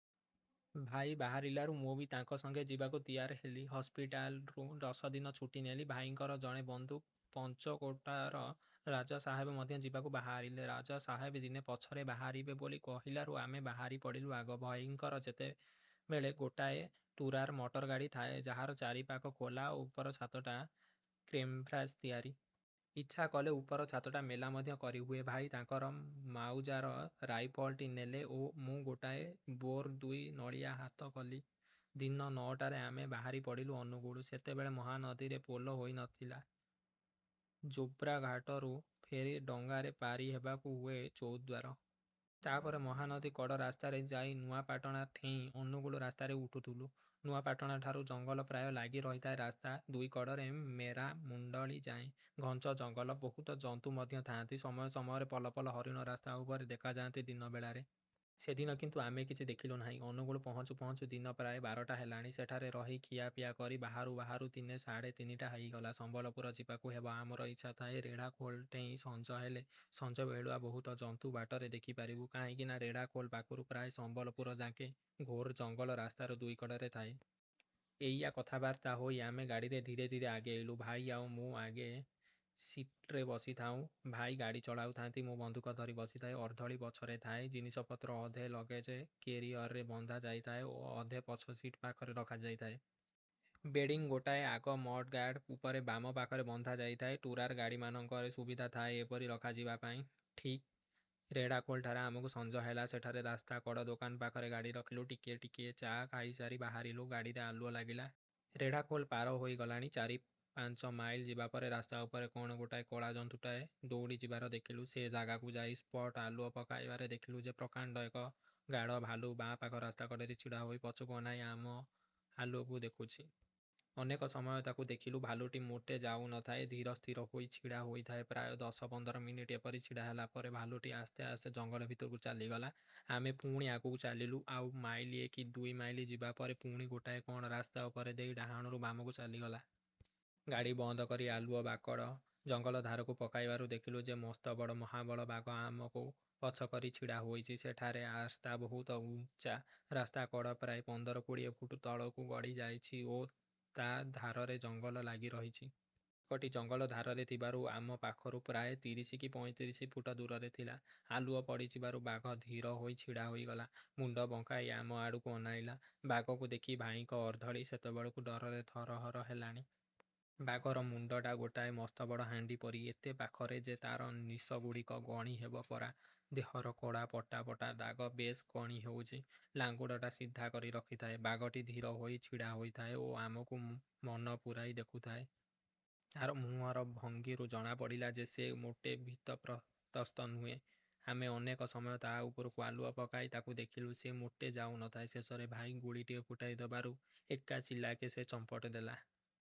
ଭାଇ ବାହାରିଲାରୁ ମୁଁ ବି ତାଙ୍କ ସଙ୍ଗେ ଯିବାକୁ ତିଆର ହେଲି। ହସ୍ପିଟାଲ୍ରୁ ଦଶଦିନ ଛୁଟି ନେଲି। ଭାଇଙ୍କର ଜଣେ ବନ୍ଧୁ ପଞ୍ଚକୋଟର ରାଜାସାହେବ ମଧ୍ୟ ଯିବାକୁ ବାହାରିଲେ। ରାଜାସାହେବ ଦିନେ ପଛରେ ବାହାରିବେ ବୋଲି କହିଲାରୁ ଆମେ ବାହାରିପଡ଼ିଲୁ ଆଗ। ଭାଇଙ୍କର ସେତେବେଳେ ଗୋଟାଏ ଟୁରାର ମଟରଗାଡ଼ି ଥାଏ, ଯାହାର ଚାରିପାଖ ଖୋଲା ଓ ଉପର ଛାତଟା କେନ୍ଭାସ୍ରେ ତିଆରି। ଇଚ୍ଛା କଲେ ଉପର ଛାତଟା ମେଲା ମଧ୍ୟ କରିହୁଏ। ଭାଇ ତାଙ୍କର ମାଉଜାର ରାଇଫଲଟି ନେଲେ ଓ ମୁଁ ଗୋଟାଏ ବୋର୍ ଦୁଇ ନଳିଆ ହାତ କଲି। ଦିନ ନଅଟାରେ ଆମେ ବାହାରିପଡ଼ିଲୁ ଅନୁଗୁଳ। ସେତେବେଳେ ମହାନଦୀରେ ପୋଲ ହୋଇ ନ ଥିଲା। ଜୋବ୍ରା ଘାଟରୁ ଫେରି-ଡଙ୍ଗାରେ ପାରି ହେବାକୁ ହୁଏ ଚଉଦ୍ୱାର। ତା'ପରେ ମହାନଦୀ କଡ଼ ରାସ୍ତାରେ ଯାଇ ନୂଆପାଟଣା ଠେଇଁ ଅନୁଗୁଳ ରାସ୍ତାରେ ଉଠୁଥିଲୁ। ନୂଆପାଟଣାଠାରୁ ଜଙ୍ଗଲ ପ୍ରାୟ ଲାଗି ରହିଥାଏ ରାସ୍ତା ଦୁଇକଡ଼ରେ-ମେରାମୁଣ୍ଡଳି ଯାଏ। ଘଞ୍ଚ ଜଙ୍ଗଲ। ବହୁତ ଜନ୍ତୁ ମଧ୍ୟ ଥାଆନ୍ତି। ସମୟ ସମୟରେ ପଲ ପଲ ହରିଣ ରାସ୍ତା ଉପରେ ଦେଖାଯାଆନ୍ତି ଦିନ ବେଳାରେ। ସେଦିନ କିନ୍ତୁ ଆମେ କିଛି ଦେଖିଲୁ ନାହିଁ। ଅନୁଗୁଳ ପହଞ୍ଚୁ ପହଞ୍ଚୁ ଦିନ ପ୍ରାୟ ବାରଟା ହେଲାଣି। ସେଠାରେ ରହି ଖିଆପିଆ କରି ବାହାରୁ ବାହାରୁ ଦିନ ସାଢ଼େ ତିନିଟା ହେଇଗଲା। ସମ୍ୱଲପୁର ଯିବାକୁ ହେବ। ଆମର ଇଚ୍ଛା ଥାଏ ରେଢାଖୋଲଠେଇଁ ସଞ୍ଜ ହେଲେ, ସଞ୍ଜବେଳୁଆ ବହୁତ ଜନ୍ତୁ ବାଟରେ ଦେଖିପାରିବୁ–କାହିଁକିନା ରେଢ଼ାଖୋଲ ପାଖରୁ ପ୍ରାୟ ସମ୍ୱଲପୁରଯାକେ ଘୋର ଜଙ୍ଗଲ ରାସ୍ତାର ଦୁଇକଡ଼ରେ ଥାଏ। ଏଇଆ କଥାବାର୍ତ୍ତା ହୋଇ ଆମେ ଗାଡ଼ିରେ ଧୀରେ ଧୀରେ ଆଗେଇଲୁ।। ଭାଇ ଆଉ ମୁଁ ଆଗ ସିଟ୍ରେ ବସିଥାଉଁ। ଭାଇ ଗାଡ଼ି ଚଳାଉଥାନ୍ତି। ମୁଁ ବନ୍ଧୁକ ଧରି ବସିଥାଏ। ଅର୍ଦ୍ଦଳି ପଛରେ ଥାଏ। ଜିନିଷପତ୍ର ଅଧେ ଲଗେଜ କେରିଅରରେ ବନ୍ଧାଯାଇଥାଏ ଓ ଅଧେ ପଛସିଟ୍ ପାଖରେ ରଖାଯାଇଥାଏ। ବେଡ଼ିଙ୍ଗ୍ ଗୋଟାଏ ଆଗ ମଡ଼ଗାର୍ଡ଼ ଉପରେ ବାମ ପାଖରେ ବନ୍ଧାଯାଇଥାଏ। ଟୁରାର ଗାଡ଼ିମାନଙ୍କରେ ସୁବିଧା ଥାଏ ଏପରି ରଖାଯିବାପାଇଁ। ଠିକ୍ ରେଢ଼ାଖୋଲଠାରେ ଆମକୁ ସଞ୍ଜ ହେଲା। ସେଠାରେ ରାସ୍ତା କଡ଼ ଦୋକାନ ପାଖରେ ଗାଡ଼ି ରଖିଲୁ। ଟିକିଏ ଟିକିଏ ଚା' ଖାଇସାରି ବାହାରିଲୁ। ଗାଡ଼ିରେ ଆଲୁଅ ଲାଗିଲା। ରେଢ଼ାଖୋଲ ପାର ହୋଇଗଲାଣି। ଚାରି ପାଞ୍ଚ ମାଇଲ ଯିବାପରେ ରାସ୍ତା ଉପରେ କ'ଣ ଗୋଟାଏ କଳା ଜନ୍ତୁଟାଏ ଦଉଡ଼ିଯିବାର ଦେଖିଲୁ। ସେ ଜାଗାକୁ ଯାଇ ସ୍ପଟ୍ ଆଲୁଅ ପକାଇବାରେ ଦେଖିଲୁ ଯେ ପ୍ରକାଣ୍ଡ ଏକ ଗାଡ଼ ଭାଲୁ ବାଁପାଖ ରାସ୍ତା କଡ଼ରେ ଛିଡ଼ାହୋଇ ପଛକୁ ଅନାଇ ଆମ ଆଲୁଅକୁ ଦେଖୁଛି। ଅନେକ ସମୟ ତାକୁ ଦେଖିଲୁ। ଭାଲୁଟି ମୋଟେ ଯାଉ ନ ଥାଏ। ଧୀର ସ୍ଥିର ହୋଇ ଛିଡ଼ା ହୋଇଥାଏ। ପ୍ରାୟ ଦଶ ପନ୍ଦର ମିନିଟ ଏପରି ଛିଡ଼ା ହେଲା ପରେ ଭାଲୁଟି ଆସ୍ତେ ଆସ୍ତେ ଜଙ୍ଗଲ ଭିତରକୁ ଚାଲିଗଲା। ଆମେ ପୁଣି ଆଗକୁ ଚାଲିଲୁ। ଆଉ ମାଇଲିଏ କି ଦୁଇ ମାଇଲ ଯିବା ପରେ ପୁଣି ଗୋଟାଏ କ'ଣ ରାସ୍ତା ଉପର ଦେଇ ଡାହାଣରୁ ବାମକୁ ଚାଲିଗଲା। ଗାଡ଼ି ବନ୍ଦ କରି ଆଲୁଅ ବାକଡ଼ ଜଙ୍ଗଲ ଧାରକୁ ପକାଇବାରୁ ଦେଖିଲୁ ଯେ ମସ୍ତବଡ଼ ମହାବଳ ବାଘ ଆମକୁ ପଛକରି ଛିଡ଼ା ହୋଇଛି। ସେଠାରେ ରାସ୍ତା ବହୁତ ଉଞ୍ଚା। ରାସ୍ତା କଡ଼ ପ୍ରାୟ ପନ୍ଦର କୋଡ଼ିଏ ଫୁଟ ତଳକୁ ଗଡ଼ିଯାଇଛି ଓ ତା' ଧାରରେ ଜଙ୍ଗଲ ଲାଗି ରହିଛି। ବାଘଟି ଜଙ୍ଗଲ ଧାରରେ ଥିବାରୁ ଆମ ପାଖରୁ ପ୍ରାୟ ତିରିଶ କି ପଇଁତିରିଶ ଫୁଟ ଦୂରରେ ଥିଲା। ଆଲୁଅ ପଡ଼ିଯିବାରୁ ବାଘ ଧୀର ହୋଇ ଛିଡ଼ା ହୋଇଗଲା। ମୁଣ୍ଡ ବଙ୍କାଇ ଆମ ଆଡ଼କୁ ଅନାଇଲା। ବାଘକୁ ଦେଖି ଭାଇଙ୍କ ଅର୍ଦ୍ଦଳି ସେତେବେଳକୁ ଡରରେ ଥରହର ହେଲାଣି। ବାଘର ମୁଣ୍ଡଟା ଗୋଟାଏ ମସ୍ତବଡ଼ ହାଣ୍ଡିପରି। ଏତେ ପାଖରେ ଯେ, ତା'ର ନିଶଗୁଡ଼ିକ ଗଣି ହେବ ପରା। ଦେହର କଳା ପଟା ପଟା ଦାଗ ବେଶ୍ ଗଣି ହେଉଛି। ଲାଙ୍ଗୁଡ଼ଟା ସିଧା କରି ରଖିଥାଏ। ବାଘଟି ଧୀର ହୋଇ ଛିଡ଼ାହୋଇଥାଏ ଓ ଆମକୁ ମନପୁରାଇ ଦେଖୁଥାଏ,। ତା'ର ମୁହଁର ଭଙ୍ଗୀରୁ ଜଣାପଡ଼ିଲା ଯେ ସେ ମୋଟେ ଭୀତତ୍ରସ୍ତ ନୁହେଁ। ଆମେ ଅନେକ ସମୟ ତା' ଉପରକୁ ଆଲୁଅ ପକାଇ ତାକୁ ଦେଖିଲୁ। ସେ ମୋଟେ ଯାଉ ନଥାଏ। ଶେଷରେ ଭାଇ ଗୁଳିଟିଏ ଫୁଟାଇ ଦେବାରୁ ଏକା ଚିଲାକେ ସେ ଚମ୍ପଟ ଦେଲା।